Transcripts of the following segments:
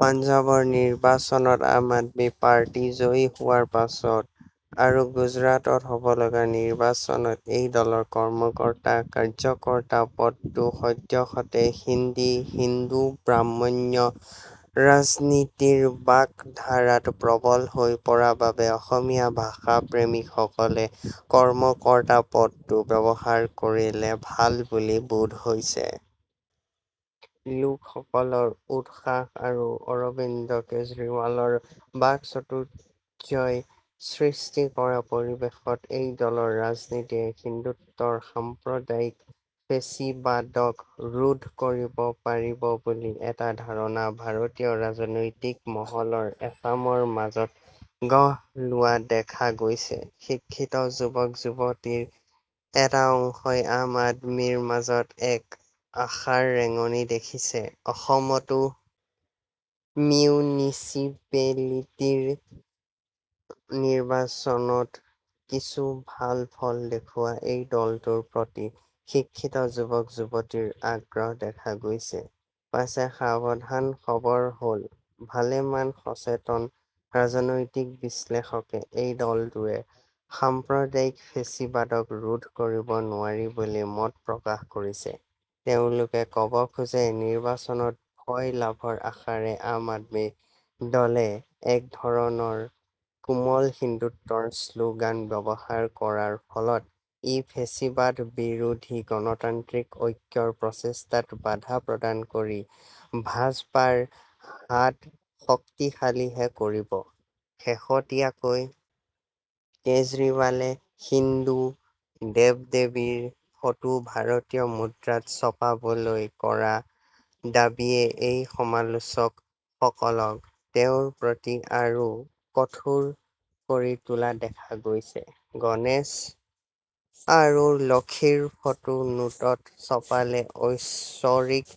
পাঞ্জাবৰ নিৰ্বাচনত আম আদমী পাৰ্টি জয়ী হোৱাৰ পাছত আৰু গুজৰাটত হ'ব লগা নিৰ্বাচনত এই দলৰ কৰ্ম-কৰ্তা কাৰ্য-কৰ্তা পদটো সদ্যহতে হিন্দী। হিন্দু-ব্ৰাহ্মণ্য ৰাজনীতিৰ বাক ধাৰাত প্ৰৱল হৈ পৰা বাবে অসমীয়া ভাষা-প্ৰেমী সকলে কৰ্মকৰ্তা পদটো ব্যৱহাৰ কৰিলে ভাল বুলি বোধ হৈছে । লোক সকলৰ উৎসাহ আৰু অৰৱিন্দ কেজৰীৱালৰ বাক চতুৰ্য্যই সৃষ্টি কৰা পৰিৱেশত এই দলৰ ৰাজনীতিয়ে হিন্দুত্বৰ সাম্প্ৰদায়িক ফেচীবাদক ৰোধ কৰিব পাৰিব বুলি এটা ধাৰণা ভাৰতীয় ৰাজনৈতিক মহলৰ এচামৰ মাজত গঢ় লোৱা দেখা গৈছে। শিক্ষিত যুৱক-যুৱতীৰ এটা অংশই আম- আদমীৰ মাজত এক আশাৰ ৰেঙণি দেখিছে। অসমতো মিউনিচিপেলিটিৰ নিৰ্বাচনত কিছু ভাল ফল দেখুৱা এই দলটোৰ প্ৰতি শিক্ষিত যুৱক-যুৱতীৰ আগ্ৰহ দেখা গৈছে। পাছে সাৱধান হ'বৰ হ'ল। ভালেমান সচেতন ৰাজনৈতিক বিশ্লেষকে এই দলটোৱে সাম্প্ৰদায়িক ফেচীবাদক ৰোধ কৰিব নোৱাৰিব বুলি মত প্ৰকাশ কৰিছে। এওঁলোকে কব খোজে নিৰ্বাচনত জয় লাভৰ আশাৰে আম-আদমী দলে এক ধৰণৰ কোমল হিন্দুত্বৰ শ্লোগান ব্যৱহাৰ কৰাৰ ফলত ই ফেচীবাদ বিৰোধী গণতান্ত্ৰিক ঐক্যৰ প্ৰচেষ্টাত বাধা প্ৰদান কৰি ভাজপাৰ হাত শক্তিশালীহে কৰিব। শেহতীয়াকৈ কেজৰিৱালে হিন্দু দেৱ-দেৱীৰ ফটো ভাৰতীয় মুদ্ৰাত ছপাবলৈ কৰা দাবীয়ে এই সমালোচক সকলক তেওঁৰ প্ৰতি আৰু কঠোৰ কৰি তোলা দেখা গৈছে। গণেশ আৰু লক্ষীৰ ফটো নোটত ছপালে ঐশ্বৰিক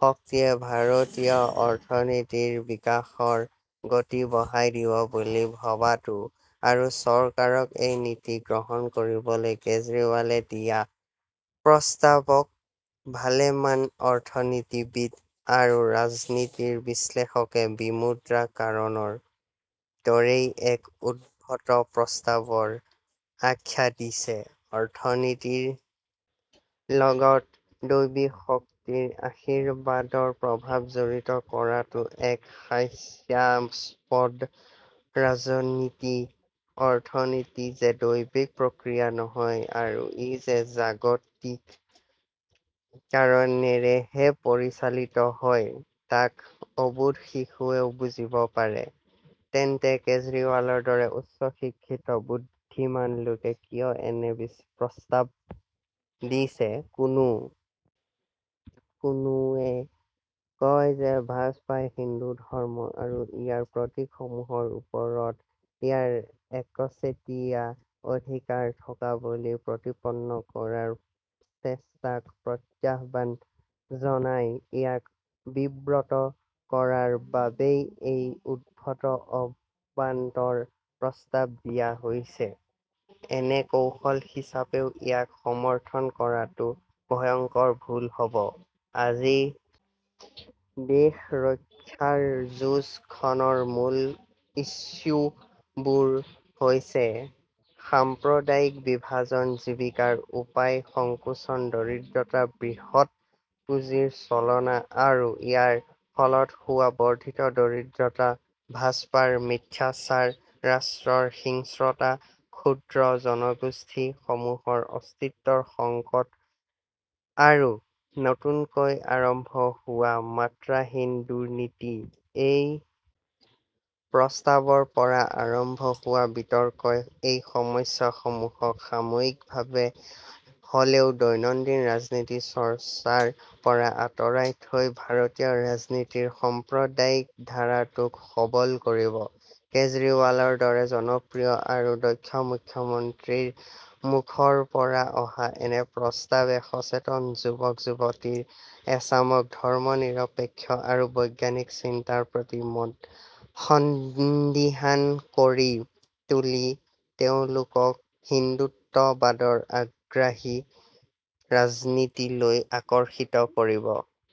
শক্তিয়ে ভাৰতীয় অৰ্থনীতিৰ বিকাশৰ গতি বঢ়াই দিব বুলি ভৱাটো আৰু চৰকাৰক এই নীতি গ্ৰহণ কৰিবলৈ কেজৰিৱালে দিয়া প্ৰস্তাৱক ভালেমান অৰ্থনীতিবিদ আৰু ৰাজনীতিৰ বিশ্লেষকে বিমুদ্ৰা কাৰণৰ দৰেই এক উদ্ভট প্ৰস্তাৱৰ আখ্যা দিছে। অৰ্থনীতিৰ লগত দৈৱিক শক্তিৰ আশীৰ্বাদৰ প্ৰভাৱ জড়িত কৰাটো এক হাস্যাস্পদ ৰাজনীতি-অৰ্থনীতি যে দৈবিক প্ৰক্ৰিয়া নহয় আৰু ই যে জাগতিক কাৰণেৰেহে পৰিচালিত হয় তাক অবোধ শিশুৱেও বুজিব পাৰে। তেন্তে কেজৰীৱালৰ দৰে উচ্চ শিক্ষিত বুদ্ধিমান লোকে কিয় এনে প্ৰস্তাৱ দিছে ।কোনো কোনোৱে কয় যে ভাজপাই হিন্দু ধৰ্ম আৰু ইয়াৰ প্ৰতীক সমূহৰ ওপৰত ইয়াৰ একচেতিয়া অধিকাৰ থকা বুলি প্ৰতিপন্ন কৰাৰ চেষ্টাক প্ৰত্যহ্বান জনাই, ইয়াক বিব্ৰত কৰাৰ বাবেই এই উদ্ভট অবান্তৰ প্ৰস্তাৱ দিয়া হৈছে। এনে কৌশল হিচাপেও ইয়াক সমৰ্থন কৰাটো ভয়ংকৰ ভুল হ'ব। আজি দেশ ৰক্ষাৰ যুঁজ খনৰ মূল ইছ্যুবোৰ হৈছে সাম্প্ৰদায়িক বিভাজন জীৱিকাৰ উপায় সংকোচন দৰিদ্ৰতা বৃহৎ পুঁজিৰ চলনা আৰু ইয়াৰ ফলত হোৱা বৰ্দ্ধিত দৰিদ্ৰতা ভাজপাৰ মিথ্যাচাৰ ৰাষ্ট্ৰৰ হিংস্ৰতা ক্ষুদ্ৰ জনগোষ্ঠী সমূহৰ অস্তিত্বৰ সংকট আৰু নতুনকৈ আৰম্ভ হোৱা মাত্ৰাহীন দুৰ্নীতি। এই প্ৰস্তাৱৰ পৰা আৰম্ভ হোৱা বিতৰ্কই এই সমস্যা সমূহক সাময়িকভাৱে হ'লেও দৈনন্দিন ৰাজনীতি চৰ্চাৰ পৰা আঁতৰাই থৈ ভাৰতীয় ৰাজনীতিৰ সাম্প্ৰদায়িক ধাৰাটোক সৱল কৰিব। কেজৰীৱালৰ দৰে জনপ্ৰিয় আৰু দক্ষ মুখ্যমন্ত্ৰীৰ মুখৰ পৰা অহা এনে প্ৰস্তাৱে সচেতন যুৱক-যুৱতীৰ এচামক ধৰ্ম নিৰপেক্ষ আৰু বৈজ্ঞানিক চিন্তাৰ প্ৰতি সন্দিহান কৰি তুলি তেওঁলোকক হিন্দুত্ববাদৰ আগ্ৰাসী ৰাজনীতিলৈ আকৰ্ষিত কৰিব।